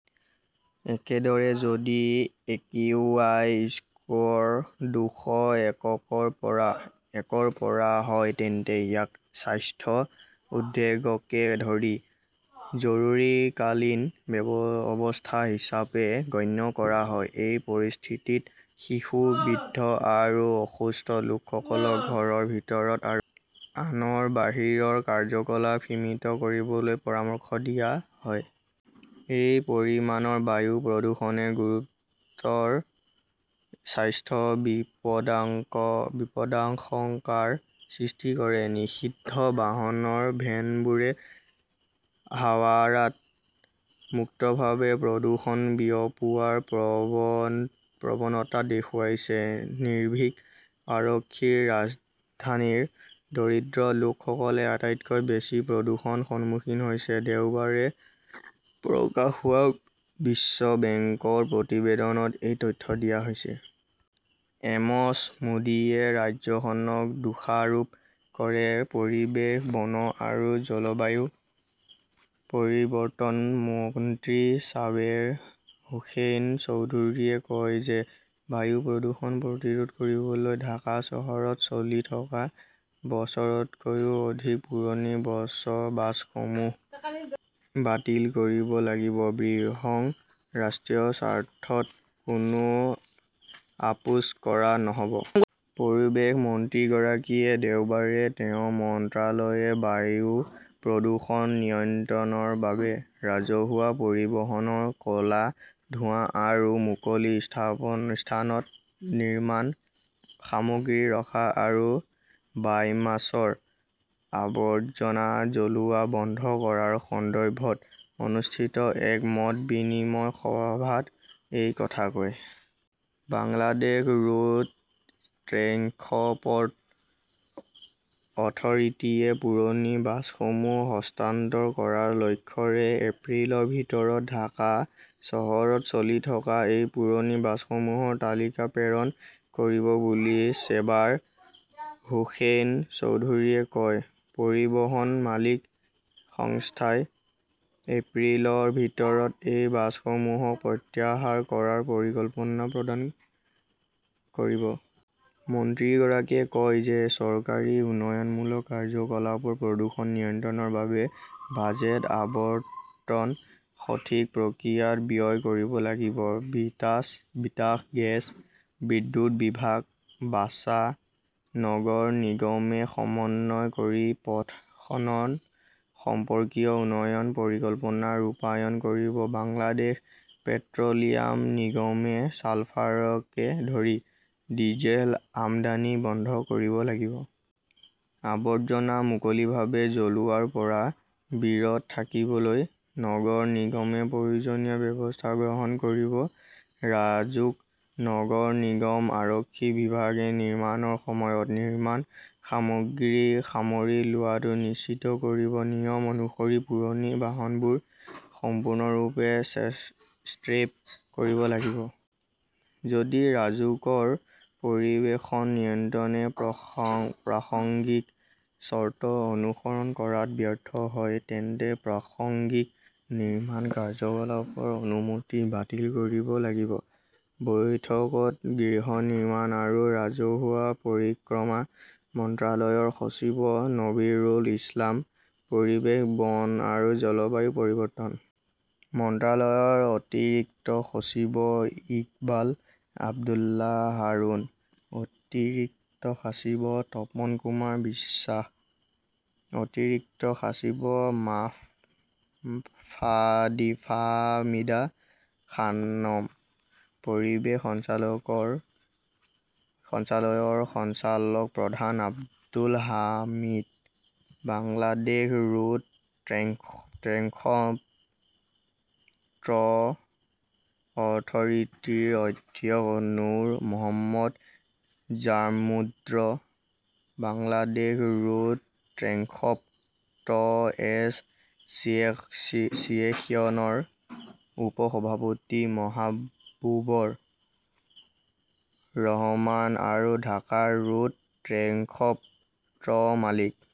একেদৰে, যদি AQI score দুশ এক’ৰ পৰা হয় তেন্তে ইয়াক স্বাস্থ্য উদ্বেগকে ধৰি জৰুৰীকালীন অৱস্থা হিচাপে গণ্য কৰা হয়। এই পৰিস্থিতিত শিশু, বৃদ্ধ আৰু অসুস্থ লোকসকলক ঘৰৰ ভিতৰত আৰু আনৰ বাহিৰৰ কাৰ্যকলাপ সীমিত কৰিবলৈ পৰামৰ্শ দিয়া হয়। এই পৰিমাণৰ বায়ু প্ৰদূষণে গুৰুতৰ স্বাস্থ্য বিপদাশংকাৰ সৃষ্টি কৰে। নিষিদ্ধ বাহনৰ ভেনবোৰে হাৱাৰাত মুক্তভাৱে প্ৰদূষণ বিয়পোৱাৰ প্ৰৱণতা দেখুৱাইছে, নিৰ্ভীক আৰক্ষীয়ে ৰাজধানীৰ দৰিদ্ৰ লোকসকলে আটাইতকৈ বেছি প্ৰদূষণৰ সন্মুখীন হৈছে। দেওবাৰে প্ৰকাশ পোৱা বিশ্ব বেংকৰ প্ৰতিবেদনত এই তথ্য দিয়া হৈছে। এমছঃ মোদীয়ে ৰাজ্যখনক দোষাৰোপ কৰে পৰিৱেশ, বন আৰু জলবায়ু পৰিৱৰ্তন মন্ত্ৰী ছাবেৰ হোসেন চৌধুৰীয়ে কয় যে বায়ু প্ৰদূষণ প্ৰতিৰোধ কৰিবলৈ ঢাকা চহৰত চলি থকা বছৰতকৈও অধিক পুৰণি বাছসমূহ বাতিল কৰিব লাগিব। বৃহম ৰাষ্ট্ৰীয় স্বাৰ্থত কোনো আপোচ কৰা নহ "ব। পৰিৱেশ মন্ত্ৰীগৰাকীয়ে দেওবাৰে তেওঁৰ মন্ত্ৰালয়ে বায়ু প্ৰদূষণ নিয়ন্ত্ৰণৰ বাবে ৰাজহুৱা পৰিবহণৰ ক 'লা ধোঁৱা আৰু মুকলি স্থানত নিৰ্মাণ সামগ্ৰী ৰখা আৰু বায়' মাছৰ আৱৰ্জনা জ্বলোৱা বন্ধ কৰাৰ সন্দৰ্ভত অনুষ্ঠিত এক মত বিনিময় সভাত এই কথা কয়। বাংলাদেশ ৰোড ট্ৰেনসপ’ৰ্ট অথৰিটিয়ে পুৰণি বাছসমূহ হস্তান্তৰ কৰাৰ লক্ষ্যৰে এপ্ৰিলৰ ভিতৰত ঢাকা চহৰত চলি থকা এই পুৰণি বাছসমূহৰ তালিকা প্ৰেৰণ কৰিব বুলি চেবাৰ হোসেন চৌধুৰীয়ে কয়। পৰিবহণ মালিক সংস্থাই এপ্ৰিলৰ ভিতৰত এই বাছসমূহ প্ৰত্যাহাৰ কৰাৰ পৰিকল্পনা প্ৰদান কৰিব। মন্ত্ৰীগৰাকীয়ে কয় যে চৰকাৰী উন্নয়নমূলক কাৰ্যকলাপৰ প্ৰদূষণ নিয়ন্ত্ৰণৰ বাবে বাজেট আবণ্টন সঠিক প্ৰক্ৰিয়াত ব্যয় কৰিব লাগিব। চিটাস গেছ, বিদ্যুৎ বিভাগ, ৱাছা, নগৰ নিগমে সমন্বয় কৰি পথ খনন সম্পৰ্কীয় উন্নয়ন পৰিকল্পনা ৰূপায়ণ কৰিব। বাংলাদেশ পেট্ৰ "লিয়াম নিগমে ছালফাৰকে ধৰি ডিজেল আমদানি বন্ধ কৰিব লাগিব। আৱৰ্জনা মুকলিভাৱে জ্বলোৱাৰ পৰা বিৰত থাকিবলৈ নগৰ নিগমে প্ৰয়োজনীয় ব্যৱস্থা গ্ৰহণ কৰিব। ৰাজুক, নগৰ নিগম, আৰক্ষী বিভাগে নিৰ্মাণৰ সময়ত নিৰ্মাণ সামগ্ৰী সামৰি লোৱাটো নিশ্চিত কৰিব। নিয়ম অনুসৰি পুৰণি বাহনবোৰ সম্পূৰ্ণৰূপে স্ক্ৰেপ কৰিব লাগিব। যদি ৰাজুকৰ পৰিৱেশন নিয়ন্ত্ৰণে প্ৰাসংগিক চৰ্ত অনুসৰণ কৰাত ব্যৰ্থ হয় তেন্তে প্ৰাসংগিক নিৰ্মাণ কাৰ্যকলাপৰ অনুমতি বাতিল কৰিব লাগিব। বৈঠকত গৃহ নিৰ্মাণ আৰু ৰাজহুৱা পৰিক্ৰমা মন্ত্ৰালয়ৰ সচিব নবীৰুল ইছলাম, পৰিৱেশ, বন আৰু জলবায়ু পৰিৱৰ্তন মন্ত্ৰালয়ৰ অতিৰিক্ত সচিব ইকবাল আব্দুল্লাহ হাৰুন, অতিৰিক্ত সাচিব তপন কুমাৰ বিশ্বাস, অতিৰিক্ত সাচিব ফাহমিদা খানম, পৰিৱেশ সঞ্চালকালয়ৰ সঞ্চালক প্ৰধান Abdul Hamid, Bangladesh road transport অথৰিটিৰ অধ্যক্ষ Nur Mohammad Majumder, Bangladesh road transport এছ চিয়েশ্যনৰ উপ-সভাপতি মহাবুবুৰ ৰহমান আৰু ঢাকা ৰোড ট্ৰেন্সপ ৰ্ট মালিক।